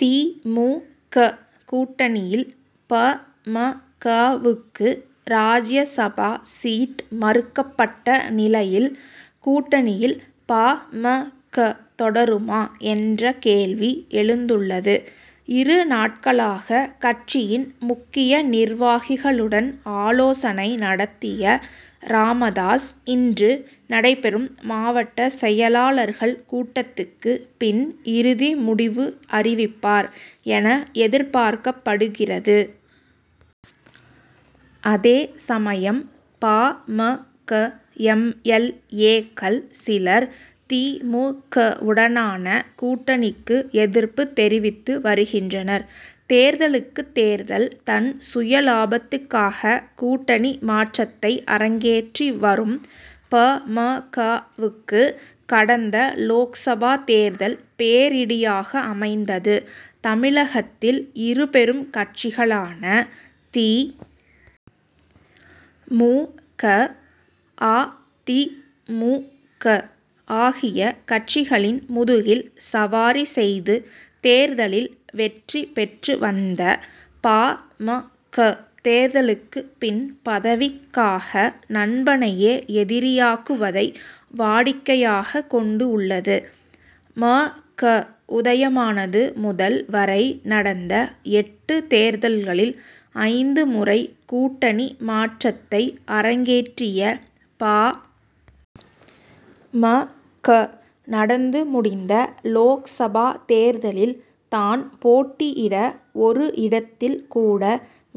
தி. மு. க., கூட்டணியில், பா. ம. க.,வுக்கு ராஜ்யசபா சீட் மறுக்கப்பட்ட நிலையில், கூட்டணியில் பா. ம. க., தொடருமா என்ற கேள்வி எழுந்துள்ளது. இரு நாட்களாக கட்சியின் முக்கிய நிர்வாகிகளுடன் ஆலோசனை நடத்திய ராமதாஸ், இன்று நடைபெறும் மாவட்ட செயலாளர்கள் கூட்டத்துக்கு பின் இறுதி முடிவு அறிவிப்பார் என எதிர்பார்க்கப்படுகிறது. அதே சமயம் பா. ம. க., எம். எல். ஏ.,க்கள் சிலர் தி. மு. க.,வுடனான கூட்டணிக்கு எதிர்ப்பு தெரிவித்து வருகின்றனர். தேர்தலுக்கு தேர்தல் தன் சுயலாபத்துக்காக கூட்டணி மாற்றத்தை அரங்கேற்றி வரும் பா. ம. க.,வுக்கு கடந்த லோக்சபா தேர்தல் பேரிடியாக அமைந்தது. தமிழகத்தில் இருபெரும் கட்சிகளான தி. மு. க.,- அ. தி. மு. க., ஆகிய கட்சிகளின் முதுகில் சவாரி செய்து, தேர்தலில் வெற்றி பெற்று வந்த பா. ம. க., தேர்தலுக்கு பின் பதவிக்காக நண்பனையே எதிரியாக்குவதை வாடிக்கையாக கொண்டு உள்ளது. ம. க., உதயமானது. முதல் வரை நடந்த எட்டு தேர்தல்களில் ஐந்து முறை கூட்டணி மாற்றத்தை அரங்கேற்றிய பா. ம. க., நடந்து முடிந்த லோக்சபா தேர்தலில், தான் போட்டியிட ஒரு இடத்தில் கூட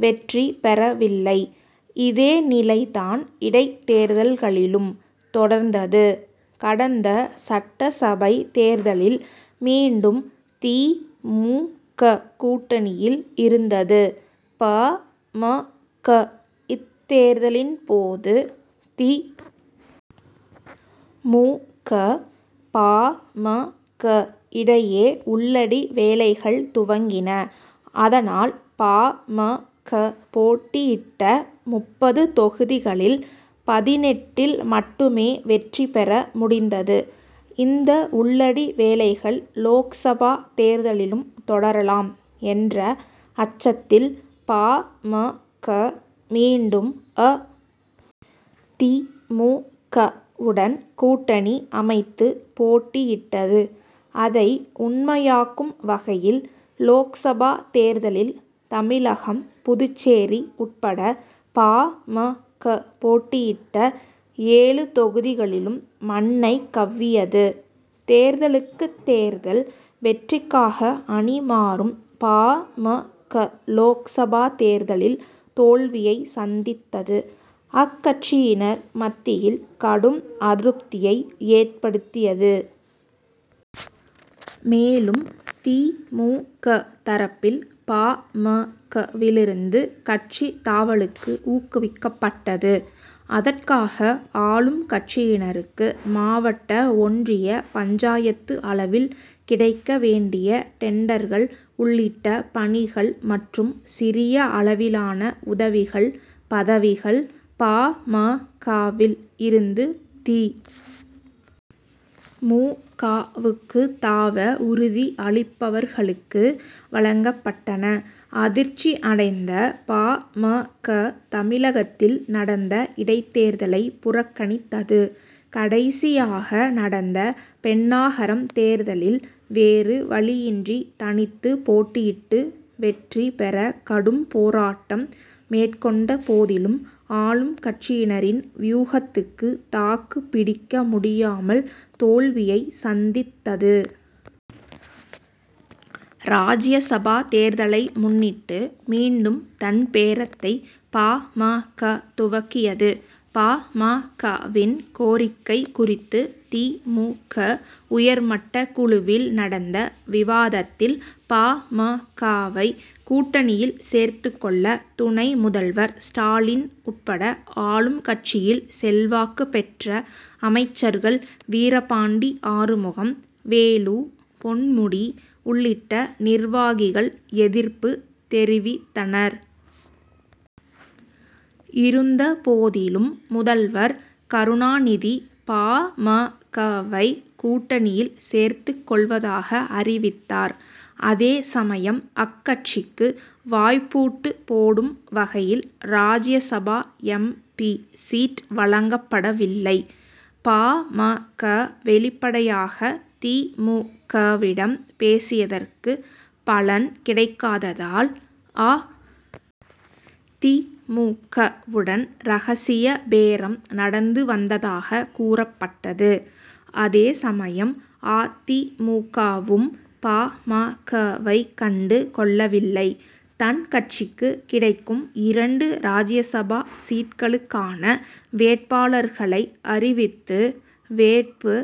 வெற்றி பெறவில்லை. இதே நிலை தான் இடைத்தேர்தல்களிலும் தொடர்ந்தது. கடந்த சட்டசபை தேர்தலில் மீண்டும் தி. மு. க., கூட்டணியில் இருந்தது பா. ம. க., இத்தேர்தலின் போது தி. மு. க., பா. ம. க., இடையே உள்ளடி வேலைகள் துவங்கின. அதனால், பா. ம. க., போட்டியிட்ட முப்பது தொகுதிகளில் பதினெட்டில் மட்டுமே வெற்றி பெற முடிந்தது. இந்த உள்ளடி வேலைகள் லோக்சபா தேர்தலிலும் தொடரலாம் என்ற அச்சத்தில் பா. ம. க., மீண்டும் அ. தி. மு. க.,வுடன் கூட்டணி அமைத்து போட்டியிட்டது. அதை உண்மையாக்கும் வகையில் லோக்சபா தேர்தலில் தமிழகம், புதுச்சேரி உட்பட பா. ம. க., போட்டியிட்ட ஏழு தொகுதிகளிலும் மண்ணைக் கவ்வியது. தேர்தலுக்கு தேர்தல் வெற்றிக்காக அணி மாறும் பா. ம. க., லோக்சபா தேர்தலில் தோல்வியை சந்தித்தது, அக்கட்சியினர் மத்தியில் கடும் அதிருப்தியை ஏற்படுத்தியது. மேலும், தி. மு. க., தரப்பில் பா. ம. க.,விலிருந்து கட்சி தாவலுக்கு ஊக்குவிக்கப்பட்டது. அதற்காக ஆளும் கட்சியினருக்கு மாவட்ட, ஒன்றிய, பஞ்சாயத்து அளவில் கிடைக்க வேண்டிய டெண்டர்கள் உள்ளிட்ட பணிகள் மற்றும் சிறிய அளவிலான உதவிகள், பதவிகள் பா. ம. க.,வில் இருந்து தி. மு. க.,வுக்கு தாவ உறுதி அளிப்பவர்களுக்கு வழங்கப்பட்டன. அதிர்ச்சி அடைந்த பா. ம. க., தமிழகத்தில் நடந்த இடைத்தேர்தலை புறக்கணித்தது. கடைசியாக நடந்த பென்னாகரம் தேர்தலில் வேறு வழியின்றி தனித்து போட்டியிட்டு, வெற்றி பெற கடும் போராட்டம் மேற்கொண்ட போதிலும், ஆளும் கட்சியினரின் வியூகத்துக்கு தாக்கு பிடிக்க முடியாமல் தோல்வியை சந்தித்தது. ராஜ்யசபா தேர்தலை முன்னிட்டு மீண்டும் தன் பேரத்தை பா. ம. க., துவக்கியது. பா. ம. க.,வின் கோரிக்கை குறித்து தி. மு. க., உயர்மட்ட குழுவில் நடந்த விவாதத்தில், பா. ம. க.,வை கூட்டணியில் சேர்த்துக் கொள்ள துணை முதல்வர் ஸ்டாலின் உட்பட ஆளும் கட்சியில் செல்வாக்கு பெற்ற அமைச்சர்கள் வீரபாண்டி ஆறுமுகம், வேலு, பொன்முடி உள்ளிட்ட நிர்வாகிகள் எதிர்ப்பு தெரிவி தனர். இருந்த போதிலும் முதல்வர் கருணாநிதி பா. ம. க.,வை கூட்டணியில் சேர்த்துக் கொள்வதாக அறிவித்தார். அதே சமயம், அக்கட்சிக்கு வாய்ப்பூட்டு போடும் வகையில் ராஜ்யசபா எம். பி., சீட் வழங்கப்படவில்லை. பா. ம. க., வெளிப்படையாக தி. மு. க.,விடம் பேசியதற்கு பலன் கிடைக்காததால், அ. தி. மு. க.,வுடன் ரகசிய பேரம் நடந்து வந்ததாக கூறப்பட்டது. அதே சமயம் அ. தி. மு. க.,வும், பா. ம. க.,வை கண்டு கொள்ளவில்லை. தன் கட்சிக்கு கிடைக்கும் இரண்டு ராஜ்யசபா சீட்களுக்கான வேட்பாளர்களை அறிவித்து, வேட்பு